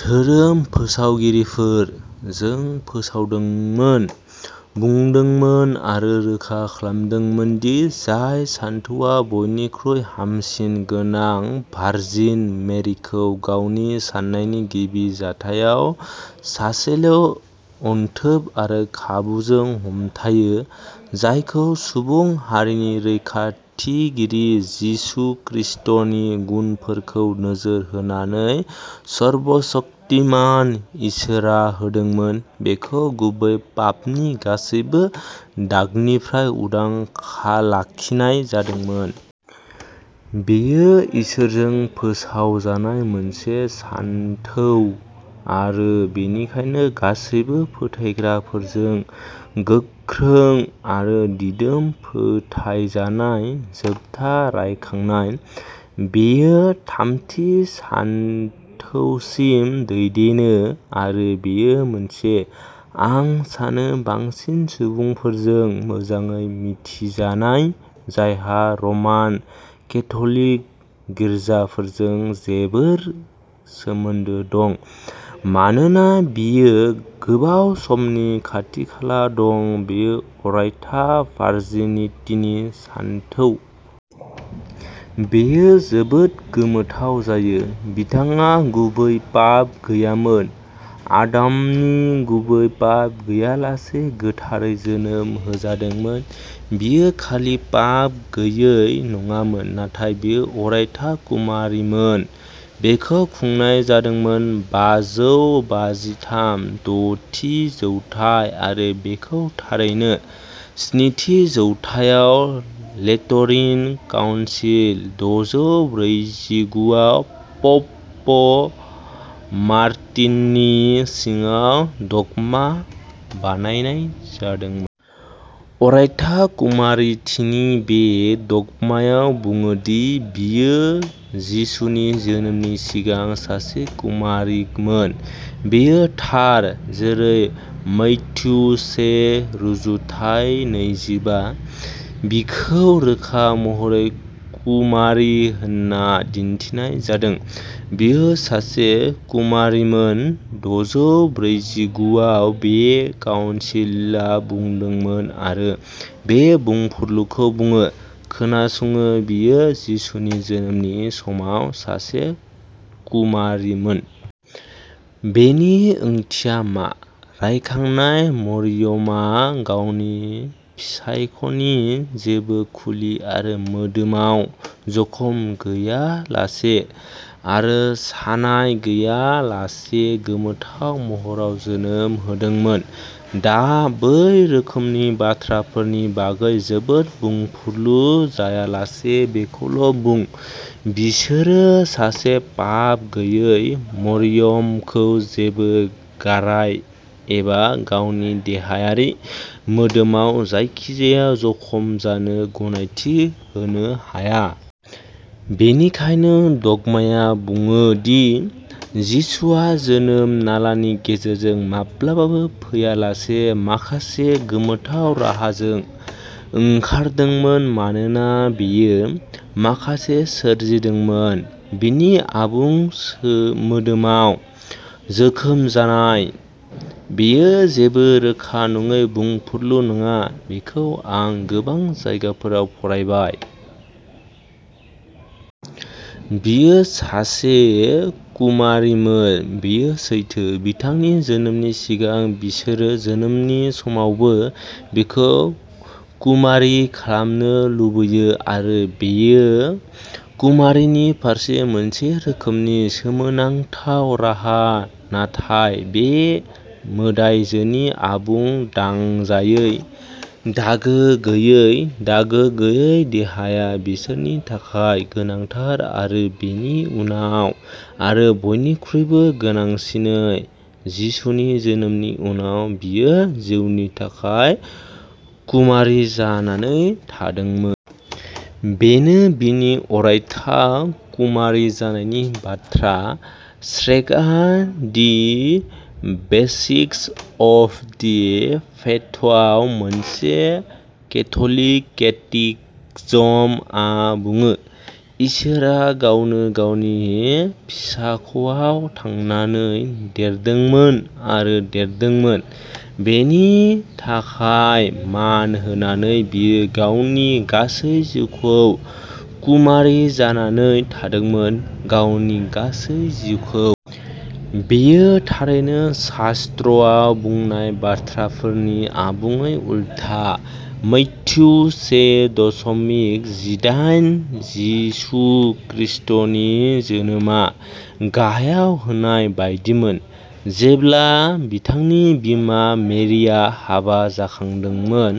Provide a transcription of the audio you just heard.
धोरोम फोसावगिरिफोर... जों फोसावदोंमोन, बुंदोंमोन आरो रोखा खालामदोंमोन दि जाय सानथौआ बयनिख्रुइ हामसिन गोनां भार्जिन मेरिखौ गावनि साननायनि गिबि जाथायाव सासेल' अनथोब आरो खाबुजों हमथायो, जायखौ सुबुं हारिनि रैखाथिगिरि जिसु खृस्टनि गुनफोरखौ नोजोर होनानै सर्बशक्तिमान इसोरआ होदोंमोन, बेखौ गुबै पापनि गासैबो दागनिफ्राय उदां खा लाखिनाय जादोंमोन। बेयो इसोरजों फोसावजानाय मोनसे सानथौ आरो बिनिखायनो गासैबो फोथायग्राफोरजों गोख्रों आरो दिदोम फोथायजानाय, जोबथा रायखांनाय। बेयो थामथि सानथौसिम दैदेनो आरो बेयो मोनसे, आं सानो, बांसिन सुबुंफोरजों मोजाङै मिथिजानाय जायहा रमान केथ'लिक गिर्जाफोरजों जेबोर सोमोन्दो दं मानोना बियो गोबाव समनि खाथिखाला दं, बेयो अरायथा भार्जिनितिनि सानथौ। बेयो जोबोद गोमोथाव जायो। बिथांहा गुबै पाप गैयामोन, आदमनि गुबै पाप गैयालासे गोथारै जोनोम होजादोंमोन, बियो खालि पाप गैयै नङामोन, नाथाय बियो अरायथा कुमारीमोन। बेखौ खुंनाय जादोंमोन। बाजौ बाजिथाम, दथि जौथाय, आरो बेखौ थारैनो स्निथि जौथायाव लेट'रिन काउनसिल, दजौ ब्रैजिगुआव पप्प' मार्टिननि सिङाव डगमा बानायनाय जादोंमोन। अरायथा कुमारीथिनि बे डगमाया बुङो दि बियो जिसुनि जोनोमनि सिगां सासे कुमारीमोन बेयो थार, जेरै मैथ्यु से रुजुथाइ नैजिबा । बिखौ रोखा महरै कुमारी होनना दिन्थिनाय जादों। बियो सासे कुमारीमोन, दजौ ब्रैजिगुआव बे काउन्सिलआ बुंदोंमोन आरो बे बुंफुरलुखौ बुङो, खोनासङो, बियो जिसुनि जोनोमनि समाव सासे कुमारीमोन। बेनि ओंथिया मा? रायखांनाय, "मरियमआ गावनि फिसाख'नि जेबो खुलि आरो मोदोमाव जखम गैयालासे आरो सानाय गैयालासे गोमोथाव महराव जोनोम होदोंमोन।" दा बै रोखोमनि बाथ्राफोरनि बागै जोबोद बुंफुरलु जायालासे, बेखौल' बुं, बिसोरो सासे पाप गैयै मरियमखौ जेबो गाराय एबा गावनि देहायारि मोदोमाव जायखिजाया जखम जानो गनायथि होनो हाया। बेनिखायनो डगमाया बुङो दि जिसुआ जोनोम नालानि गेजेरजों माब्लाबाबो फैयालासे माखासे गोमोथाव राहाजों ओंखारदोंमोन मानोना बेशियो माखासे सोरजिदोंमोन। बिनि आबुं सो मोदोमाव जोखोम जानाय। बेयो जेबो रोखा नङै बुंफुरलु नङा, बेखौ आं गोबां जायगाफोराव फरायबाय। बियो सासे कुमारीमोन, बियो सैथो, बिथांनि जोनोमनि सिगां बिसोरो जोनोमनि समावबो बिखौ कुमारी खालामनो लुबैयो आरो बियो कुमारीनि फारसे मोनसे रोखोमनि सोमोनांथाव राहा नाथाय बे मोदायजोनि आबुं दांजायै, दागो गैयै, दागो गैयै देहाया बिसोरनि थाखाय गोनांथार आरो बेनि उनाव आरो बयनिख्रुइबो गोनांसिनै, जिसुनि जोनोमनि उनाव, बियो जिउनि थाखाय कुमारी जानानै थादोंमोन। बेनो बिनि अरायथा कुमारी जानायनि बाथ्रा। श्रेकआ दि बेसिक्स अफ दि फेइथआव, मोनसे केथ'लिक केटिकजमआ बुङो, "इसोरआ गावनो गावनि फिसाख'आव थांनानै देरदोंमोन आरो देरदोंमोन, बेनि थाखाय मान होनानै, बियो गावनि गासै जिउखौ कुमारी जानानै थादोंमोन, गावनि गासै जिउखौ।" बेयो, थारैनो, शास्त्रआव बुंनाय बाथ्राफोरनि आबुङै उल्था। मैथ्यू से दशमिक जिदाइन, जिसु ख्रीष्टनि जोनोमआ गाहायाव होनाय बायदिमोन। "जेब्ला बिथांनि बिमा मेरिया हाबा जाखादोंमोन।